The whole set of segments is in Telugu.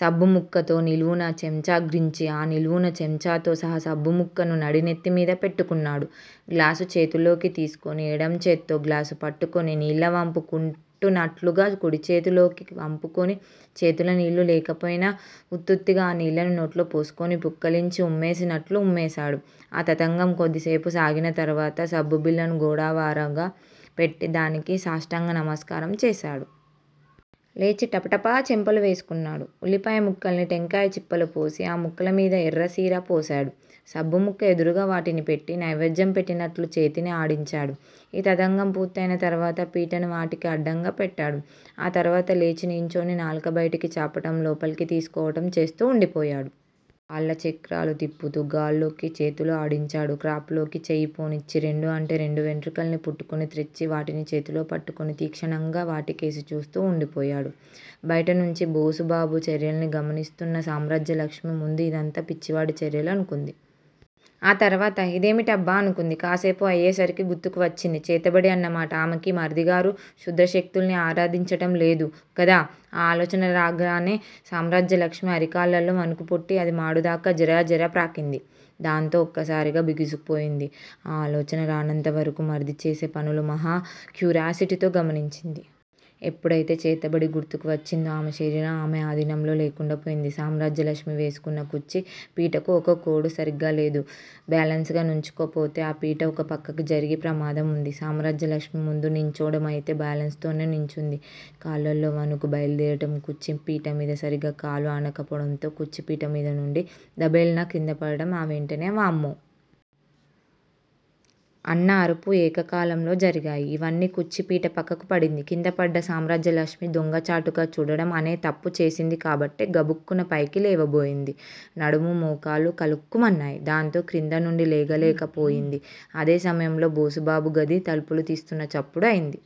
సబ్బుముక్కతో నిలువునా చెంచాగ్రుచ్చి, ఆ నిలువునా చెంచాతో సహా సబ్బు ముక్కని నడినెత్తిమీద పెట్టుకున్నాడు. గ్లాసు చేతిలోకి తీసుకొని ఎడంచేత్తో గ్లాసు పట్టుకుని నీళ్ళు వంపు కుంటున్నట్లుగా కుడిచేతిలోకి వంపుకుని, చేతిలో నీళ్లు లేకపోయినా వుత్తుత్తిగా ఆ నీళ్ళని నోట్లో పోసుకుని పుక్కిలించి ఉమ్మేసినట్లు ఉమ్మేశాడు. ఆ తతంగం కొద్దిసేపు సాగిన తరువాత, సబ్బు బిళ్ళని గోడ వారగా పెట్టి, దానికి సాష్టాంగ నమస్కారం చేశాడు. లేచి టపటపా చెంపలు వేసుకున్నాడు. ఉల్లిపాయ ముక్కల్ని టెంకాయ చిప్పలో పోసి ఆ ముక్కలమీద ఎర్రసిరా పోశాడు. సబ్బు ముక్క ఎదురుగా వాటిని పెట్టి నైవేద్యం పెట్టినట్లు చేతిని ఆడించాడు. ఈ తతంగం పూర్తయిన తరువాత. పీటని వాటికి అడ్డంగా పెట్టాడు. ఆ తరువాత లేచి నుంచొని నాలుక బయటకి చాపటం లోపలికి తీసుకోవటం చేస్తూ వుండిపోయాడు. కళ్ళు చక్రాల్లా తిప్పుతూ గాల్లోకి చేతులు ఆడించాడు. క్రాఫ్ లోకి చెయ్యి పోనిచ్చి రెండు అంటే రెండు వెంట్రుకల్ని పుటుక్కున త్రెంచి వాటిని చేతిలో పట్టుకుని తీక్షణంగా వాటికేసి చూస్తూ వుండిపోయాడు. బయట నుంచీ బోసుబాబు చర్యలని గమనిస్తూన్న సామ్రాజ్యలక్ష్మి ముందు ఇదంతా పిచ్చివాడి చర్యలు అనుకుంది. ఆ తరువాత ఇదేమిటబ్బా! అనుకుంది. కాసేపు అయ్యేసరికి గుర్తుకు వచ్చింది 'చేతబడి' అన్నమాట ఆమెకి__ మరిదిగారు క్షుద్ర శక్తుల్ని ఆరాధించటం లేదు గదా? ఆ ఆలోచన రాగానే. సామ్రాజ్యలక్ష్మి అరికాళ్ళల్లో వణుకుపుట్టి, అది మాడుదాకా జరజరా ప్రాకింది, దాంతో ఒక్కసారిగా బిగుసుకుపోయింది. ఆ ఆలోచన రానంతవరకూ, మరిది చేసే పనులు మహా క్యూరియాసిటీతో గమనించింది. ఎప్పుడయితే 'చేతబడి' గుర్తుకు వచ్చిందో. ఆమె శరీరం ఆమె ఆధీనంలో లేకుండా పోయింది. సామ్రాజ్యలక్ష్మి వేసుకున్న కుర్చీ పీటకి ఒకకోడు సరీగా లేదు. బేలన్సుగా నుంచోకపోతే ఆ పీట ఒక పక్కకి ఒరిగే ప్రమాదముంది. సామ్రాజ్యలక్ష్మి ముందు నుంచోడమయితే బాలెన్స్ తోనే నుంచుంది. కాళ్ళల్లో వణుకు బయలుదేరటం, కుర్చీపీటమీద సరీగా కాలు ఆనకపోవడంతో, కుర్చీపీటమీద నుండీ 'దభేల్' న క్రిందపడటం ఆ వెంటనే వామ్మో! అన్న అరుపు ఏకకాలంలో జరిగాయి ఇవన్నీ. కుర్చీపీట పక్కకి పడింది. కిందపడ్డ సామ్రాజ్యలక్ష్మి దొంగచాటుగా చూడడం అనే తప్పు చేసింది కాబట్టి గబుక్కున పైకి లేవబోయింది. నడుము మోకాలూ కలుక్కుమన్నాయి. దానితో క్రిందనుండి లేగాలేకపోయింది. అదే సమయంలో బోసుబాబు గది తలుపులు తీస్తున్న చప్పుడు అయింది.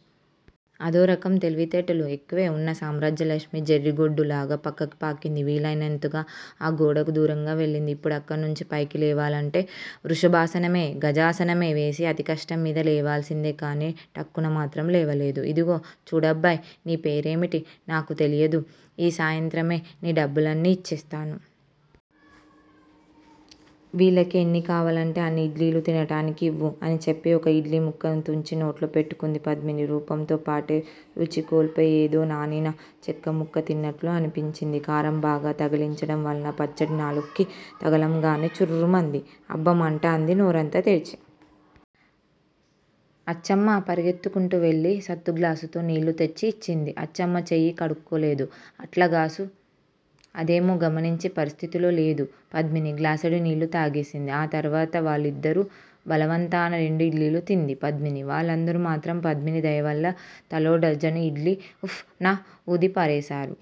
అదోరకం తెలివితేటలు ఎక్కువే వున్న సామ్రాజ్యలక్ష్మి, జెర్రిగొడ్డులాగా పక్కకి పాకింది. వీలైనంతగా ఆ గోడకి దూరంగా వెళ్ళింది. ఇప్పుడు అక్కడినుంచీ పైకిలేవాలంటే వృషభాసనమో, గజాసనమో వేసి అతి కష్టం మీద లేవాల్సిందే కానీ, టక్కున మాత్రం లేవలేదు. ఇదిగో చూడబ్బాయ్! నీపేరేమిటో నాకు తెలియదు. ఈ సాయంత్రమే నీ డబ్బులన్నీ ఇచ్చేస్తాను. వీళ్ళకి ఎన్ని కావాలంటే అన్ని ఇడ్లీలు తినటానికి ఇవ్వు అని చెప్పి ఒక ఇడ్లీముక్కని తుంచి నోట్లో పెట్టుకుంది పద్మిని. రూపంతో పాటే రుచి కోల్పోయి ఏదో నానిన చెక్కముక్క తిన్నట్లు అనిపించింది. కారం బాగా తగిలించటం వలన పచ్చడి నాలుక్కి తగలంగానే చుర్రుమంది. అబ్బా మంట అంది నోరంతా తెరిచి. అచ్చమ్మ పరుగెత్తుకుంటూ వెళ్ళి సత్తుగళాసుతో నీళ్ళు తెచ్చి యిచ్చింది. అచ్చమ్మ చేయి కడుక్కోలేదు. అంట్లగ్లాసు అదేమి గమనించే పరిస్థితిలో లేదు పద్మిని. గ్లాసెడు నీళ్ళు తాగేసింది. ఆ తర్వాత__ వాళ్ళందరి బలవంతాన రెండు ఇడ్లీలు తింది పద్మిని. వాళ్ళందరూ మాత్రం పద్మిని దయవల్ల తలో డజను ఇడ్లీ ఉఫ్ న వూదిపారేశారు.